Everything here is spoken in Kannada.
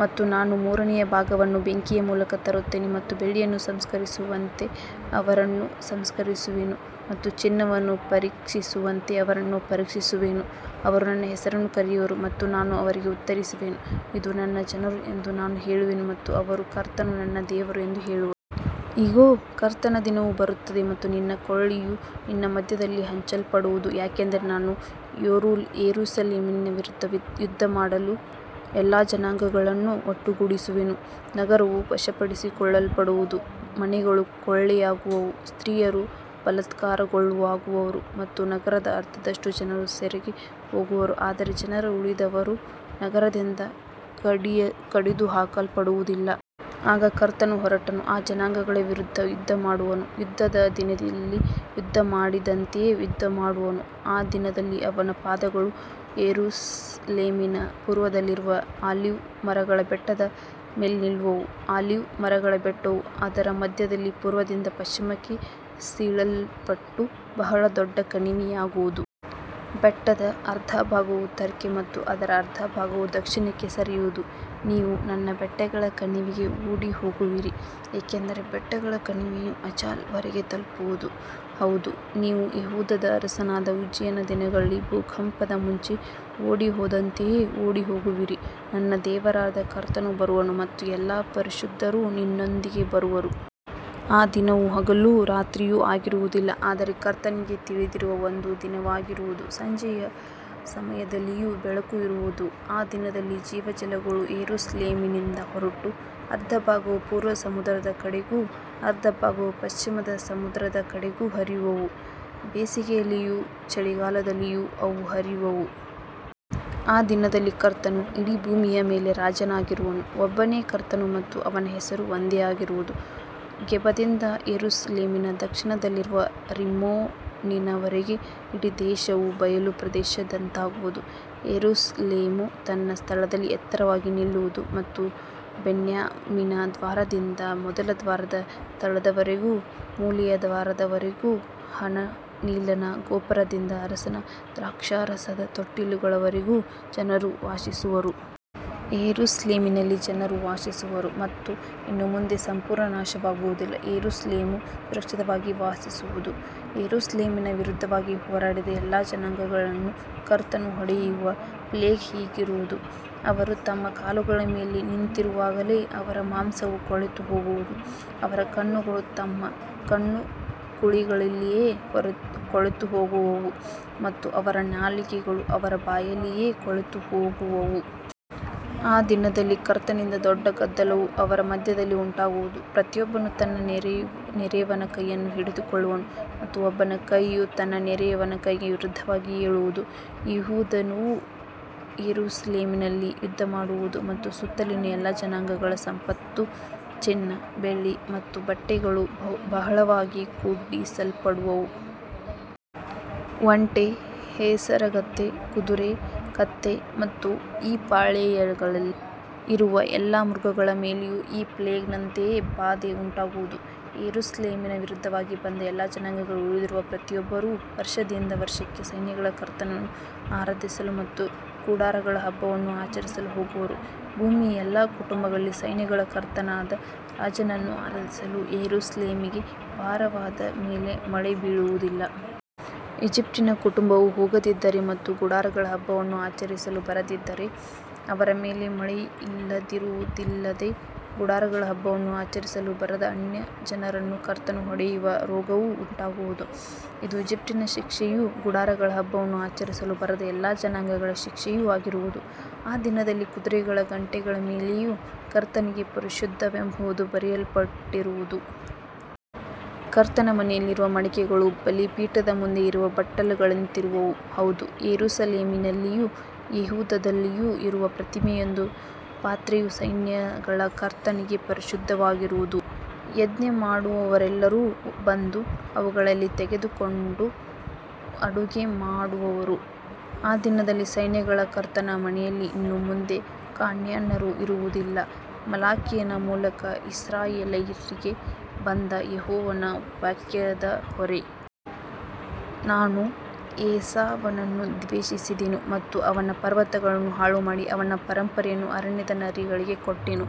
ಮತ್ತು ನಾನು ಮೂರನೆಯ ಭಾಗವನ್ನು ಬೆಂಕಿಯ ಮೂಲಕ ತರುತ್ತೇನೆ ಮತ್ತು ಬೆಳ್ಳಿಯನ್ನು ಸಂಸ್ಕರಿಸುವಂತೆ ಅವರನ್ನು ಸಂಸ್ಕರಿಸುವೆನು ಮತ್ತು ಚಿನ್ನವನ್ನು ಪರೀಕ್ಷಿಸುವಂತೆ ಅವರನ್ನು ಪರೀಕ್ಷಿಸುವೆನು. ಅವರು ನನ್ನ ಹೆಸರನ್ನು ಕರೆಯುವರು ಮತ್ತು ನಾನು ಅವರಿಗೆ ಉತ್ತರಿಸುವೆನು. ಇದು ನನ್ನ ಜನರು ಎಂದು ನಾನು ಹೇಳುವೆನು ಮತ್ತು ಅವರು ಕರ್ತನು ನನ್ನ ದೇವರು ಎಂದು ಹೇಳುವರು. ಇಗೋ, ಕರ್ತನ ದಿನವು ಬರುತ್ತದೆ ಮತ್ತು ನಿನ್ನ ಕೊಳ್ಳೆಯು ನಿನ್ನ ಮಧ್ಯದಲ್ಲಿ ಹಂಚಲ್ಪಡುವುದು. ಯಾಕಂದರೆ ನಾನು ಯೆರೂಸಲೇಮಿನ ವಿರುದ್ಧ ಯುದ್ಧಮಾಡಲು ಎಲ್ಲಾ ಜನಾಂಗಗಳನ್ನು ಒಟ್ಟುಗೂಡಿಸುವೆನು. ನಗರವು ವಶಪಡಿಸಿಕೊಳ್ಳಲ್ಪಡುವುದು, ಮನೆಗಳು ಕೊಳ್ಳೆಯಾಗುವವು, ಸ್ತ್ರೀಯರು ಬಲಾತ್ಕಾರಕ್ಕೊಳಗಾಗುವರು ಮತ್ತು ನಗರದ ಅರ್ಧದಷ್ಟು ಜನರು ಸೆರೆಗೆ ಹೋಗುವರು. ಆದರೆ ಜನರ ಉಳಿದವರು ನಗರದಿಂದ ಕಡಿದುಹಾಕಲ್ಪಡುವುದಿಲ್ಲ. ಆಗ ಕರ್ತನು ಹೊರಟು ಆ ಜನಾಂಗಗಳ ವಿರುದ್ಧ ಯುದ್ಧಮಾಡುವನು, ಯುದ್ಧದ ದಿನದಲ್ಲಿ ಯುದ್ಧಮಾಡಿದಂತೆಯೇ ಯುದ್ಧಮಾಡುವನು. ಆ ದಿನದಲ್ಲಿ ಅವನ ಪಾದಗಳು ಯೆರೂಸಲೇಮಿನ ಪೂರ್ವದಲ್ಲಿರುವ ಆಲಿವ್ ಮರಗಳ ಬೆಟ್ಟದ ಮೇಲೆ ನಿಲ್ಲುವವು. ಆಲಿವ್ ಮರಗಳ ಬೆಟ್ಟವು ಅದರ ಮಧ್ಯದಲ್ಲಿ ಪೂರ್ವದಿಂದ ಪಶ್ಚಿಮಕ್ಕೆ ಸೀಳಲ್ಪಟ್ಟು ಬಹಳ ದೊಡ್ಡ ಕಣಿವೆಯಾಗುವುದು. ಬೆಟ್ಟದ ಅರ್ಧ ಭಾಗವು ಉತ್ತರಕ್ಕೆ ಮತ್ತು ಅದರ ಅರ್ಧ ಭಾಗವು ದಕ್ಷಿಣಕ್ಕೆ ಸರಿಯುವುದು. ನೀವು ನನ್ನ ಬೆಟ್ಟಗಳ ಕಣಿವೆಗೆ ಓಡಿಹೋಗುವಿರಿ, ಏಕೆಂದರೆ ಬೆಟ್ಟಗಳ ಕಣಿವೆಯು ಅಜಾಲ್ ವರೆಗೆ ತಲುಪುವುದು. ಹೌದು, ನೀವು ಯೆಹೂದದ ಅರಸನಾದ ಉಜ್ಜೀಯನ ದಿನಗಳಲ್ಲಿ ಭೂಕಂಪದ ಮುಂಚೆ ಓಡಿಹೋದಂತೆಯೇ ಓಡಿಹೋಗುವಿರಿ. ನನ್ನ ದೇವರಾದ ಕರ್ತನು ಬರುವನು ಮತ್ತು ಎಲ್ಲಾ ಪರಿಶುದ್ಧರೂ ನಿನ್ನೊಂದಿಗೆ ಬರುವರು. ಆ ದಿನವು ಹಗಲೂ ರಾತ್ರಿಯೂ ಆಗಿರುವುದಿಲ್ಲ, ಆದರೆ ಕರ್ತನಿಗೆ ತಿಳಿದಿರುವ ಒಂದು ದಿನವಾಗಿರುವುದು. ಸಂಜೆಯ ಸಮಯದಲ್ಲಿಯೂ ಬೆಳಕು ಇರುವದು. ಆ ದಿನದಲ್ಲಿ ಜೀವಜಲಗಳು ಯೆರೂಸಲೇಮಿನಿಂದ ಹೊರಟು, ಅರ್ಧ ಭಾಗವು ಪೂರ್ವ ಸಮುದ್ರದ ಕಡೆಗೂ ಅರ್ಧ ಭಾಗವು ಪಶ್ಚಿಮ ಸಮುದ್ರದ ಕಡೆಗೂ ಹರಿಯುವವು. ಬೇಸಿಗೆಯಲ್ಲಿಯೂ ಚಳಿಗಾಲದಲ್ಲಿಯೂ ಅವು ಹರಿಯುವವು. ಆ ದಿನದಲ್ಲಿ ಕರ್ತನು ಇಡೀ ಭೂಮಿಯ ಮೇಲೆ ರಾಜನಾಗಿರುವನು. ಒಬ್ಬನೇ ಕರ್ತನು ಮತ್ತು ಅವನ ಹೆಸರು ಒಂದೇ ಆಗಿರುವುದು. ಗೆಬದಿಂದ ಯೆರೂಸಲೇಮಿನ ದಕ್ಷಿಣದಲ್ಲಿರುವ ರಿಮ್ಮೋನಿನವರೆಗೆ ಇಡೀ ದೇಶವು ಬಯಲು ಪ್ರದೇಶದಂತಾಗುವುದು. ಯೆರೂಸಲೇಮು ತನ್ನ ಸ್ಥಳದಲ್ಲಿ ಎತ್ತರವಾಗಿ ನಿಲ್ಲುವುದು ಮತ್ತು ಬೆನ್ಯಾಮೀನಿನ ದ್ವಾರದಿಂದ ಮೊದಲ ದ್ವಾರದ ಸ್ಥಳದವರೆಗೂ, ಮೂಲೆಯ ದ್ವಾರದವರೆಗೂ, ಹನನೀಲನ ಗೋಪುರದಿಂದ ಅರಸನ ದ್ರಾಕ್ಷಾರಸದ ತೊಟ್ಟಿಗಳವರೆಗೂ ಜನರು ವಾಸಿಸುವರು. ಯೆರೂಸಲೇಮಿನಲ್ಲಿ ಜನರು ವಾಸಿಸುವರು ಮತ್ತು ಇನ್ನು ಮುಂದೆ ಸಂಪೂರ್ಣ ನಾಶವಾಗುವುದಿಲ್ಲ. ಯೆರೂಸಲೇಮು ಸುರಕ್ಷಿತವಾಗಿ ವಾಸಿಸುವುದು. ಯೆರೂಸಲೇಮಿನ ವಿರುದ್ಧವಾಗಿ ಹೋರಾಡಿದ ಎಲ್ಲಾ ಜನಾಂಗಗಳನ್ನು ಕರ್ತನು ಹೊಡೆಯುವ ಪ್ಲೇಗ್ ಹೀಗಿರುವುದು. ಅವರು ತಮ್ಮ ಕಾಲುಗಳ ಮೇಲೆ ನಿಂತಿರುವಾಗಲೇ ಅವರ ಮಾಂಸವು ಕೊಳೆತುಹೋಗುವುದು, ಅವರ ಕಣ್ಣುಗಳು ತಮ್ಮ ಕಣ್ಣುಕುಳಿಗಳಲ್ಲಿಯೇ ಕೊಳೆತುಹೋಗುವವು ಮತ್ತು ಅವರ ನಾಲಿಗೆಗಳು ಅವರ ಬಾಯಿಯಲ್ಲಿಯೇ ಕೊಳೆತುಹೋಗುವವು. ಆ ದಿನದಲ್ಲಿ ಕರ್ತನಿಂದ ದೊಡ್ಡ ಗದ್ದಲವು ಅವರ ಮಧ್ಯದಲ್ಲಿ ಉಂಟಾಗುವುದು. ಪ್ರತಿಯೊಬ್ಬನು ತನ್ನ ನೆರೆಯವನ ಕೈಯನ್ನು ಹಿಡಿದುಕೊಳ್ಳುವನು ಮತ್ತು ಒಬ್ಬನ ಕೈಯು ತನ್ನ ನೆರೆಯವನ ಕೈಗೆ ವಿರುದ್ಧವಾಗಿ ಏಳುವುದು. ಯೆಹೂದವೂ ಯೆರೂಸಲೇಮಿನಲ್ಲಿ ಯುದ್ಧಮಾಡುವುದು ಮತ್ತು ಸುತ್ತಲಿನ ಎಲ್ಲಾ ಜನಾಂಗಗಳ ಸಂಪತ್ತು, ಚಿನ್ನ, ಬೆಳ್ಳಿ ಮತ್ತು ಬಟ್ಟೆಗಳು ಬಹಳವಾಗಿ ಕೂಡಿಸಲ್ಪಡುವವು. ಒಂಟೆ, ಹೇಸರಗತ್ತೆ, ಕುದುರೆ, ಕತ್ತೆ ಮತ್ತು ಈ ಪಾಳೆಯಗಳಲ್ಲಿ ಇರುವ ಎಲ್ಲಾ ಮೃಗಗಳ ಮೇಲೆಯೂ ಈ ಪ್ಲೇಗ್‌ನಂತೆಯೇ ಬಾಧೆ ಉಂಟಾಗುವುದು. ಯೆರೂಸಲೇಮಿನ ವಿರುದ್ಧವಾಗಿ ಬಂದ ಎಲ್ಲಾ ಜನಾಂಗಗಳಲ್ಲಿ ಉಳಿದಿರುವ ಪ್ರತಿಯೊಬ್ಬರೂ ವರ್ಷದಿಂದ ವರ್ಷಕ್ಕೆ ಸೈನ್ಯಗಳ ಕರ್ತನನ್ನು ಆರಾಧಿಸಲು ಮತ್ತು ಗುಡಾರಗಳ ಹಬ್ಬವನ್ನು ಆಚರಿಸಲು ಹೋಗುವರು. ಭೂಮಿಯ ಎಲ್ಲಾ ಕುಟುಂಬಗಳಲ್ಲಿ ಸೈನ್ಯಗಳ ಕರ್ತನಾದ ರಾಜನನ್ನು ಆರಾಧಿಸಲು ಯೆರೂಸಲೇಮಿಗೆ ಬಾರದವರ ಮೇಲೆ ಮಳೆ ಬೀಳುವುದಿಲ್ಲ. ಈಜಿಪ್ಟಿನ ಕುಟುಂಬವು ಹೋಗದಿದ್ದರೆ ಮತ್ತು ಗುಡಾರಗಳ ಹಬ್ಬವನ್ನು ಆಚರಿಸಲು ಬರದಿದ್ದರೆ, ಅವರ ಮೇಲೆ ಮಳೆಯಿಲ್ಲದಿರುವುದಲ್ಲದೆ, ಗುಡಾರಗಳ ಹಬ್ಬವನ್ನು ಆಚರಿಸಲು ಬರದ ಅನ್ಯಜನರನ್ನು ಕರ್ತನು ಹೊಡೆಯುವ ರೋಗವೂ ಉಂಟಾಗುವುದು. ಇದು ಈಜಿಪ್ಟಿನ ಶಿಕ್ಷೆಯೂ ಗುಡಾರಗಳ ಹಬ್ಬವನ್ನು ಆಚರಿಸಲು ಬರದ ಎಲ್ಲಾ ಜನಾಂಗಗಳ ಶಿಕ್ಷೆಯೂ ಆಗಿರುವುದು. ಆ ದಿನದಲ್ಲಿ ಕುದುರೆಗಳ ಗಂಟೆಗಳ ಮೇಲೆಯೂ ಕರ್ತನಿಗೆ ಪರಿಶುದ್ಧವೆಂಬುದು ಬರೆಯಲ್ಪಟ್ಟಿರುವುದು. ಕರ್ತನ ಮನೆಯಲ್ಲಿರುವ ಮಡಕೆಗಳು ಬಲಿಪೀಠದ ಮುಂದೆ ಇರುವ ಬಟ್ಟಲುಗಳಂತಿರುವವು. ಹೌದು, ಯೆರೂಸಲೇಮಿನಲ್ಲಿಯೂ ಯೆಹೂದದಲ್ಲಿಯೂ ಇರುವ ಪ್ರತಿಯೊಂದು ಪಾತ್ರೆಯೂ ಸೈನ್ಯಗಳ ಕರ್ತನಿಗೆ ಪರಿಶುದ್ಧವಾಗಿರುವುದು. ಯಜ್ಞಮಾಡುವವರೆಲ್ಲರೂ ಬಂದು ಅವುಗಳಲ್ಲಿ ತೆಗೆದುಕೊಂಡು ಅಡುಗೆ ಮಾಡುವರು. ಆ ದಿನದಲ್ಲಿ ಸೈನ್ಯಗಳ ಕರ್ತನ ಮನೆಯಲ್ಲಿ ಇನ್ನು ಮುಂದೆ ಕಾನಾನ್ಯರು ಇರುವುದಿಲ್ಲ. ಮಲಾಕಿಯನ ಮೂಲಕ ಇಸ್ರಾಯೇಲ್ಯರಿಗೆ ಬಂದ ಯೆಹೋವನ ವಾಕ್ಯದ ಹೊರೆ. ನಾನು ಏಸಾವನನ್ನು ದ್ವೇಷಿಸಿದೆನು ಮತ್ತು ಅವನ ಪರ್ವತಗಳನ್ನು ಹಾಳುಮಾಡಿ ಅವನ ಪರಂಪರೆಯನ್ನು ಅರಣ್ಯದ ನರಿಗಳಿಗೆ ಕೊಟ್ಟೆನು.